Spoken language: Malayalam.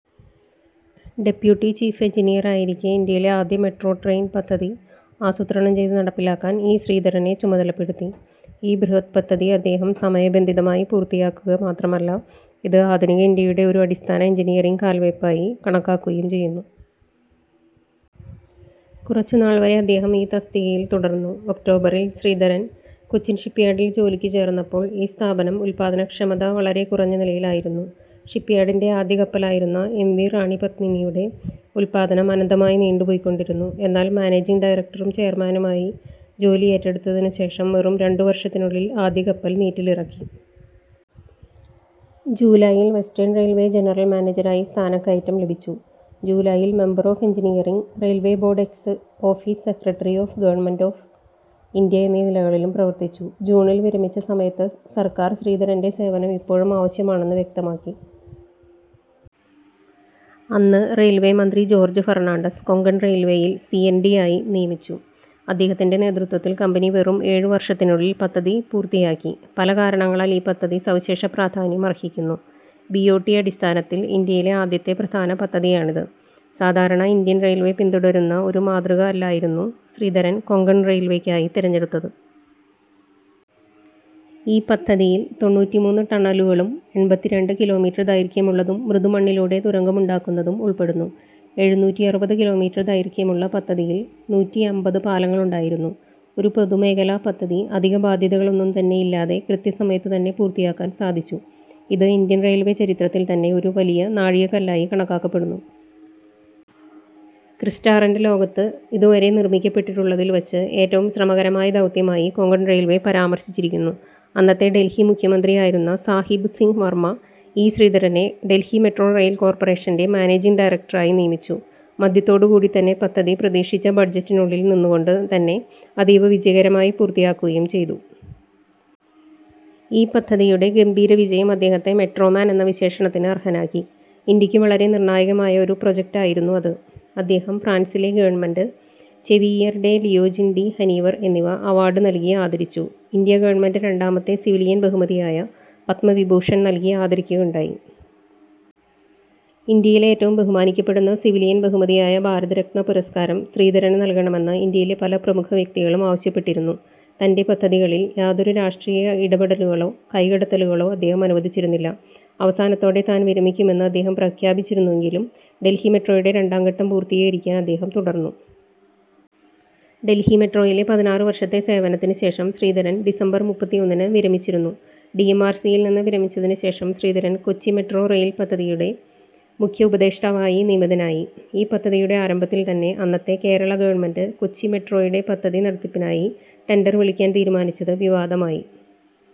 ഡെപ്യൂട്ടി ചീഫ് എഞ്ചിനീയർ ആയിരിക്കെ ഇന്ത്യയിലെ ആദ്യ മെട്രോ ട്രെയിൻ പദ്ധതി ആസൂത്രണം ചെയ്തു നടപ്പിലാക്കാൻ ഇ ശ്രീധരനെ ചുമതല പെടുത്തി. ഈ ബൃഹത് പദ്ധതി അദ്ദേഹം സമയ ബന്ധിതമായി പൂർത്തിയാക്കുക മാത്രമല്ല, ഇത് ആധുനിക ഇന്ത്യയുടെ ഒരു അടിസ്ഥാന എഞ്ചിനീയറിംഗ് കാൽവെപ്പായി കണക്കാക്കുകയും ചെയ്യുന്നു. കുറച്ചുനാൾവരെ അദ്ദേഹം ഈ തസ്തികയിൽ തുടർന്നു. ഒക്ടോബറിൽ ശ്രീധരൻ കൊച്ചിൻ ഷിപ്യാർഡിൽ ജോലിക്കു ചേർന്നപ്പോൾ, ഈ സ്ഥാപനം ഉല്പാദന ക്ഷമത വളരെ കുറഞ്ഞ നിലയിൽ ആയിരുന്നു. ഷിപ്യാർഡിന്റെ ആദ്യ കപ്പൽ ആയിരുന്ന എം. വി. റാണി പദ്മിനി യുടെ ഉൽപാദനം അനന്തമായി നീണ്ടു പോയിക്കൊണ്ടിരുന്നു. എന്നാൽ മാനേജിങ് ഡയറക്ടറും ചെയർമാനുമായി ആയി ജോലി ഏറ്റെടുത്തതിനു ശേഷം വെറും രണ്ടു വർഷത്തിനുള്ളിൽ ആദ്യ കപ്പൽ നീറ്റിൽ ഇറങ്ങി. ജൂലായിൽ വെസ്റ്റേൺ റെയിൽവേ ജനറൽ മാനേജരായി സ്ഥാന കയറ്റം ലഭിച്ചു. ജൂലായിൽ member of engineering, railway board ex office secretary of government of India എന്നീ നിലകളിലും പ്രവർത്തിച്ചു. ജൂണിൽ വിരമിച്ച സമയത്ത് സർക്കാർ ശ്രീധരന്റെ സേവനം ഇപ്പോഴും ആവശ്യമാണെന്ന് വ്യക്തമാക്കി, അന്ന് റെയിൽവേ മന്ത്രി ജോർജ് ഫെർണാണ്ടസ് കൊങ്കൺ റെയിൽവേയിൽ സി. എൻ. ഡി ആയി നിയമിച്ചു. അദ്ദേഹത്തിന്റെ നേതൃത്വത്തിൽ കമ്പനി വെറും ഏഴു വർഷത്തിനുള്ളിൽ പദ്ധതി പൂർത്തിയാക്കി. പല കാരണങ്ങളാൽ ഈ പദ്ധതി സവിശേഷ പ്രാധാന്യം അർഹിക്കുന്നു. ബി. ഒ. ടി. അടിസ്ഥാനത്തിൽ ഇന്ത്യയിലെ ആദ്യത്തെ പ്രധാന പദ്ധതിയാണിത്. സാധാരണ ഇന്ത്യൻ റെയിൽവേ പിന്തുടരുന്ന ഒരു മാതൃക അല്ലായിരുന്നു ശ്രീധരൻ കൊങ്കൺ റെയിൽവേക്കായി തിരഞ്ഞെടുത്തത്. ഈ പദ്ധതിയിൽ തൊണ്ണൂറ്റിമൂന്ന് ടണലുകളും എൺപത്തിരണ്ട്‍ കിലോമീറ്റർ ദൈർഘ്യമുള്ളതും മൃദു മണ്ണിലൂടെ തുരങ്കമുണ്ടാക്കുന്നതും ഉൾപ്പെടുന്നു. എഴുനൂറ്റിഅറുപത് കിലോമീറ്റർ ദൈർഘ്യമുള്ള പദ്ധതിയിൽ നൂറ്റിഅമ്പത് പാലങ്ങൾ ഉണ്ടായിരുന്നു. ഒരു പൊതുമേഖലാ പദ്ധതി അധിക ബാദ്ധ്യതകൾ ഒന്നും തന്നെ ഇല്ലാതെ കൃത്യ സമയത്തു തന്നെ പൂർത്തിയാക്കാൻ സാധിച്ചു. ഇത് ഇന്ത്യൻ റെയിൽവേ ചരിത്രത്തിൽ തന്നെ ഒരു വലിയ നാഴികകല്ലായി കണക്കാക്കപ്പെടുന്നു. ക്രിസ്റ്റാറന്റ് ലോകത്തു ഇതുവരെ നിർമിക്കപ്പെട്ടിട്ടുള്ളതിൽ വച്ച് ഏറ്റവും ശ്രമകരമായ ദൗത്യമായി കൊങ്കൺ റെയിൽവേ പരാമർശിച്ചിരിക്കുന്നു. അന്നത്തെ ഡൽഹി മുഖ്യമന്ത്രി ആയിരുന്ന സാഹിബ് സിംഗ് വർമ്മ, ഇ ശ്രീധരനെ ഡൽഹി മെട്രോ റെയിൽ കോർപറേഷന്റെ മാനേജിങ് ഡയറക്ടർ ആയി നിയമിച്ചു. മധ്യത്തോടു കൂടിത്തന്നെ പദ്ധതി പ്രതീക്ഷിച്ച ബഡ്ജറ്റിൽനുള്ളിൽ നിന്നുകൊണ്ട് തന്നെ അതീവ വിജയകരമായി പൂർത്തി ആക്കുകയും ചെയ്തു. ഈ പദ്ധതിയുടെ ഗംഭീര വിജയം അദ്ദേഹത്തെ "മെട്രോ മാൻ" എന്ന വിശേഷണത്തിന് അർഹനാക്കി. ഇന്ത്യക്കു വളരെ നിർണായകമായ ഒരു പ്രൊജക്റ്റ് ആയിരുന്നു അത്. അദ്ദേഹം ഫ്രാൻസിലെ government, Chevalier de Legion d'honneur എന്നിവ അവാർഡ് നൽകി ആദരിച്ചു. ഇന്ത്യ ഗവണ്മെന്റ് രണ്ടാമത്തെ സിവിലിയൻ ബഹുമതി ആയ പദ്മവിഭൂഷൺ നൽകി ആദരിക്കുക ഉണ്ടായി. ഇന്ത്യയിലെ ഏറ്റവും ബഹുമാനിക്കപ്പെടുന്ന സിവിലിയൻ ബഹുമതിയായ ഭാരത് രത്ന പുരസ്കാരം ശ്രീധരന് ഇന്ത്യയിലെ ഏറ്റവും ബഹുമാനിക്കപ്പെടുന്ന സിവിലിയൻ ബഹുമതിയായ ഭാരത് രത്ന പുരസ്കാരം ശ്രീധരന് നൽകണമെന്ന് ഇന്ത്യയിലെ പല പ്രമുഖ വ്യക്തികളും ആവശ്യപ്പെട്ടിരുന്നു. തന്റെ പദ്ധതികളിൽ യാതൊരു രാഷ്ട്രീയ ഇടപെടലുകളോ കൈകടത്തലുകളോ അദ്ദേഹം അനുവദിച്ചിരുന്നില്ല. അവസാനത്തോടെ താൻ വിരമിക്കുമെന്ന് അദ്ദേഹം പ്രഖ്യാപിച്ചിരുന്നുവെങ്കിലും ഡൽഹി മെട്രോയുടെ രണ്ടാംഘട്ടം പൂർത്തീകരിക്കാൻ അദ്ദേഹം തുടർന്നു. ഡൽഹി മെട്രോയിലെ പതിനാറ് വർഷത്തെ സേവനത്തിനു ശേഷം ശ്രീധരൻ ഡിസംബർ മുപ്പത്തിഒന്നിന് വിരമിച്ചിരുന്നു. ഡി. എം. ആർ. സി. യിൽ നിന്ന് വിരമിച്ചതിനു ശേഷം ശ്രീധരൻ കൊച്ചി മെട്രോ റെയിൽ പദ്ധതിയുടെ മുഖ്യ ഉപദേഷ്ടാവായി നിയമിതനായി. ഈ പദ്ധതിയുടെ ആരംഭത്തിൽ തന്നെ അന്നത്തെ കേരള ഗവണ്മെന്റ് കൊച്ചി മെട്രോ യുടെ പദ്ധതി നടത്തിപ്പിനായി ടെൻഡർ വിളിക്കാൻ തീരുമാനിച്ചത് വിവാദമായി.